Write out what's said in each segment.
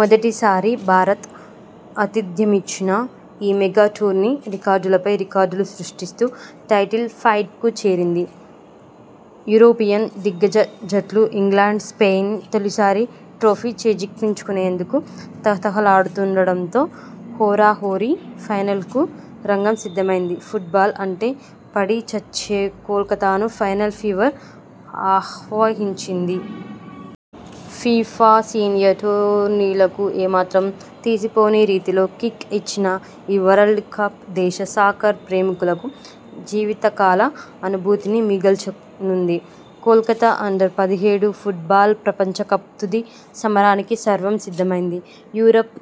మొదటిసారి భారత్ ఆతిథ్యమిచ్చిన ఈ మెగా టోర్నీ రికార్డులపై రికార్డులు సృష్టిస్తూ టైటిల్ ఫైట్ కు చేరింది. యూరోపియన్ దిగ్గజ జట్లు ఇంగ్లండ్-స్పెయిన్ తొలిసారి ట్రోఫీ చేజక్కించుకొనేందుకు తహతహలాడుతుండడంతో హోరాహోరీ ఫైనల్ కు రంగం సిద్ధమైంది. ఫుట్ బాల్ అంటే పడి చచ్చే కోల్కతాను ఫైనల్ ఫీవర్ ఆవహించింది. ఫిఫా సీనియర్ టోర్నీలకు ఏమాత్రం తీసిపోని రీతిలో 'కిక్' ఇచ్చిన ఈ వరల్డ్ కప్ దేశ సాకర్ ప్రేమికులకు జీవితకాల అనుభూతిని మిగల్చనుంది. కోల్కతా అండర్ పదిహేడు ఫుట్ బాల్ ప్రపంచకప్ తుది సమరానికి సర్వం సిద్ధమైంది. యూరప్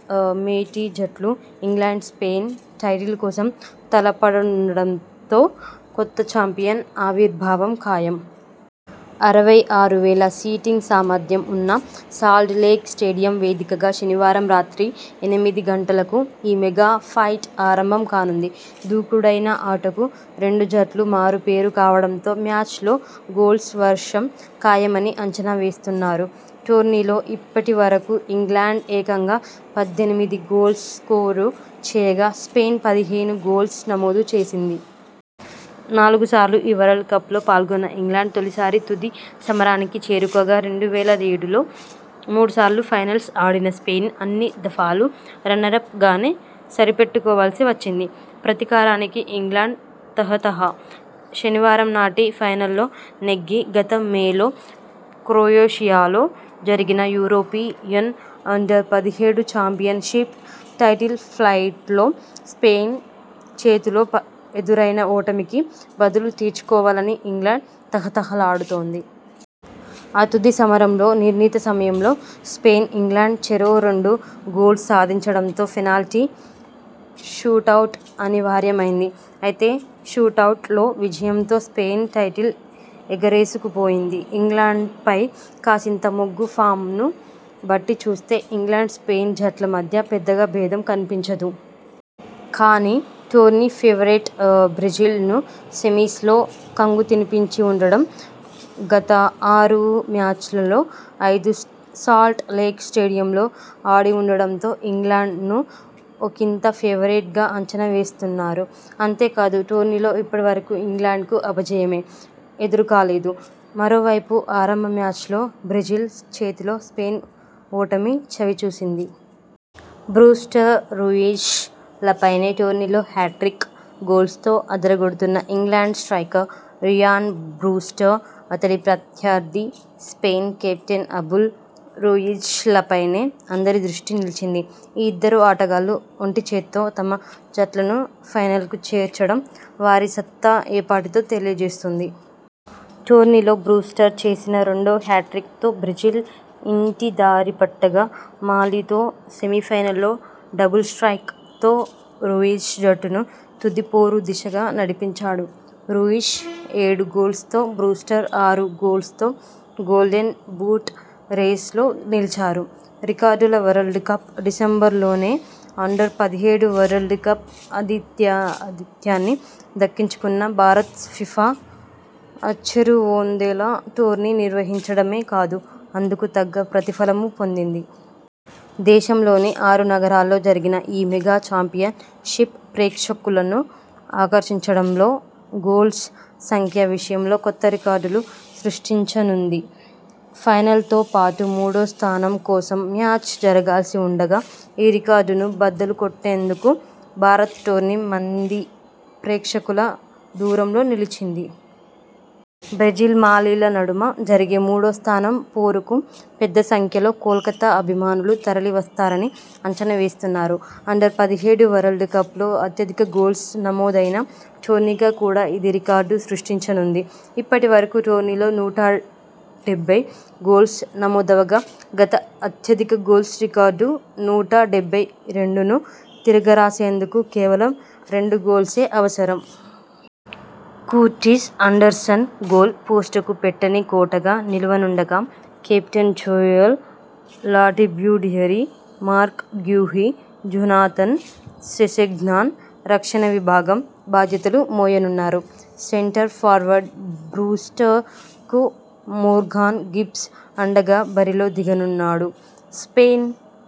మేటి జట్లు ఇంగ్లండ్-స్పెయిన్ టైటిల్ కోసం తలపడనుండడం తో కొత్త చాంపియన్ ఆవిర్భావం ఖాయం. అరవై ఆరు వేల సీటింగ్ సామర్థ్యం ఉన్న సాల్ట్ లేక్ స్టేడియం వేదికగా శనివారం రాత్రి ఎనిమిది గంటలకు ఈ మెగా ఫైట్ ఆరంభం కానుంది. దూకుడైన ఆటకు రెండు జట్లు మారుపేరు కావడంతో మ్యాచ్ లో గోల్స్ వర్షం ఖాయమని అంచనా వేస్తున్నారు. టోర్నీలో ఇప్పటివరకూ ఇంగ్లండ్ ఏకంగా పద్దెనిమిది గోల్స్ స్కోరు చేయగా, స్పెయిన్ పదిహేను గోల్స్ నమోదు చేసింది. నాలుగు సార్లు ఈ వరల్డ్ కప్ లో పాల్గొన్న ఇంగ్లండ్ తొలిసారి తుది సమరానికి చేరుకోగా, రెండు వేల ఏడులో మూడుసార్లు ఫైనల్స్ ఆడిన స్పెయిన్ అన్ని దఫాలు రన్నరప్ గానే సరిపెట్టుకోవాల్సి వచ్చింది. ప్రతీకారానికి ఇంగ్లండ్ తహతహ. శనివారంనాటి ఫైనల్లో నెగ్గి గత మేలో క్రొయేషియాలో జరిగిన యూరోపి యన్ అండర్ పదిహేడు చాంపియన్ షిప్ టైటిల్ ఫైట్లో స్పెయిన్ చేతిలో పా ఎదురైన ఓటమికి బదులు తీర్చుకోవాలని ఇంగ్లండ్ తహతహలాడుతోంది. ఆ తుది సమరంలో నిర్ణీత సమయంలో స్పెయిన్ ఇంగ్లండ్ చెరో రెండు గోల్స్ సాధించడంతో పెనాల్టీ షూటౌట్ అనివార్యమైంది. అయితే షూటౌట్ లో విజయంతో స్పెయిన్ టైటిల్ ఎగరేసుకుపోయింది. ఇంగ్లండ్ పై కాసింత మొగ్గు ఫామ్ ను బట్టి చూస్తే ఇంగ్లండ్ స్పెయిన్ జట్ల మధ్య పెద్దగా భేదం కనిపించదు. కానీ టోర్నీ ఫేవరెట్ బ్రెజిల్ ను సెమీస్ లో కంగుతినిపించి ఉండడం, గత ఆరు మ్యాచ్ లలో ఐదు సాల్ట్ లేక్ స్టేడియంలో ఆడివుండడంతో ఇంగ్లండ్ ను ఒకింత ఫేవరెట్ గా అంచనా వేస్తున్నారు. అంతేకాదు, టోర్నీలో ఇప్పటివరకూ ఇంగ్లండ్ కు అపజయమే ఎదురుకాలేదు. మరోవైపు ఆరంభ మ్యాచ్ లో బ్రెజిల్ చేతిలో స్పెయిన్ ఓటమి చవిచూసింది. బ్రూస్టర్ రూయిజ్ లపైనే టోర్నీలో హ్యాట్రిక్ గోల్స్ తో అదరగొడుతున్న ఇంగ్లండ్ స్ట్రయికర్ రియాన్ బ్రూస్టర్, అతడి ప్రత్యర్థి స్పెయిన్ కెప్టెన్ అబెల్ రూయిజ్ లపైనే అందరి దృష్టి నిలిచింది. ఈ ఇద్దరు ఆటగాళ్లు ఒంటిచేత్తో తమ జట్లను ఫైనల్కు చేర్చడం వారి సత్తా ఏపాటిదో తెలియజేస్తుంది. టోర్నీలో బ్రూస్టర్ చేసిన రెండో హ్యాట్రిక్ తో బ్రెజిల్ ఇంటిదారిపట్టగా మాలితో సెమీఫైనల్లో డబుల్ స్ర్టైక్ తో రూయిజ్ జట్టును తుది పోరు దిశగా నడిపించాడు. రూయిజ్ ఏడు గోల్స్ తో బ్రూస్టర్ ఆరు గోల్స్ తో 'గోల్డెన్ బూట్' రేస్ లో నిలిచారు. రికార్డుల వరల్డ్ కప్, డిసెంబరులోనే అండర్ పదిహేడు వరల్డ్ కప్ ఆతిథ్యాన్ని దక్కించుకున్న భారత్ ఫిఫా అచ్చెరువొందేలా టోర్నీ నిర్వహించడమే కాదు అందుకు తగ్గ ప్రతిఫలమూ పొందింది. దేశంలోని ఆరు నగరాల్లో జరిగిన ఈ మెగా చాంపియన్ షిప్ ప్రేక్షకులను ఆకర్షించడంలో, గోల్స్ సంఖ్య విషయంలో కొత్త రికార్డులు సృష్టించనుంది. ఫైనల్ తో పాటు మూడో స్థానం కోసం మ్యాచ్ జరగాల్సి ఉండగా, ఈ రికార్డును బద్దలు గొట్టేందుకు భారత్ టోర్నీ మంది ప్రేక్షకుల దూరంలో నిలిచింది. బ్రెజిల్ మాలిల నడుమ జరిగే మూడో స్థానం పోరుకూ పెద్దసంఖ్యలో కోల్కతా అభిమానులు తరలి వస్తారని అంచనా వేస్తున్నారు. అండర్ పదిహేడు వరల్డ్ కప్ లో అత్యధిక గోల్స్ నమోదైన టోర్నీగా కూడా ఇది రికార్డు సృష్టించనుంది. ఇప్పటివరకూ టోర్నీలో నూట డెబ్బై గోల్స్ నమోదవగా, గత అత్యధిక గోల్స్ రికార్డు నూట డెబ్బై రెండును తిరగ రాసేందుకు కేవలం రెండు గోల్సే అవసరం. కుర్టిస్ ఆండర్సన్ గోల్ పోస్టుకు పెట్టని కోటగా నిలువనుండగా captain Joel Latibeaudiere, Marc Guehi, Jonathan, Sessegnon రక్షణ విభాగం బాధ్యతలు మోయనున్నారు. సెంటర్ ఫార్వర్డ్ బ్రూస్టర్ కు మోర్గాన్ గిబ్స్ అండగా బరిలో దిగనున్నాడు. స్పెయిన్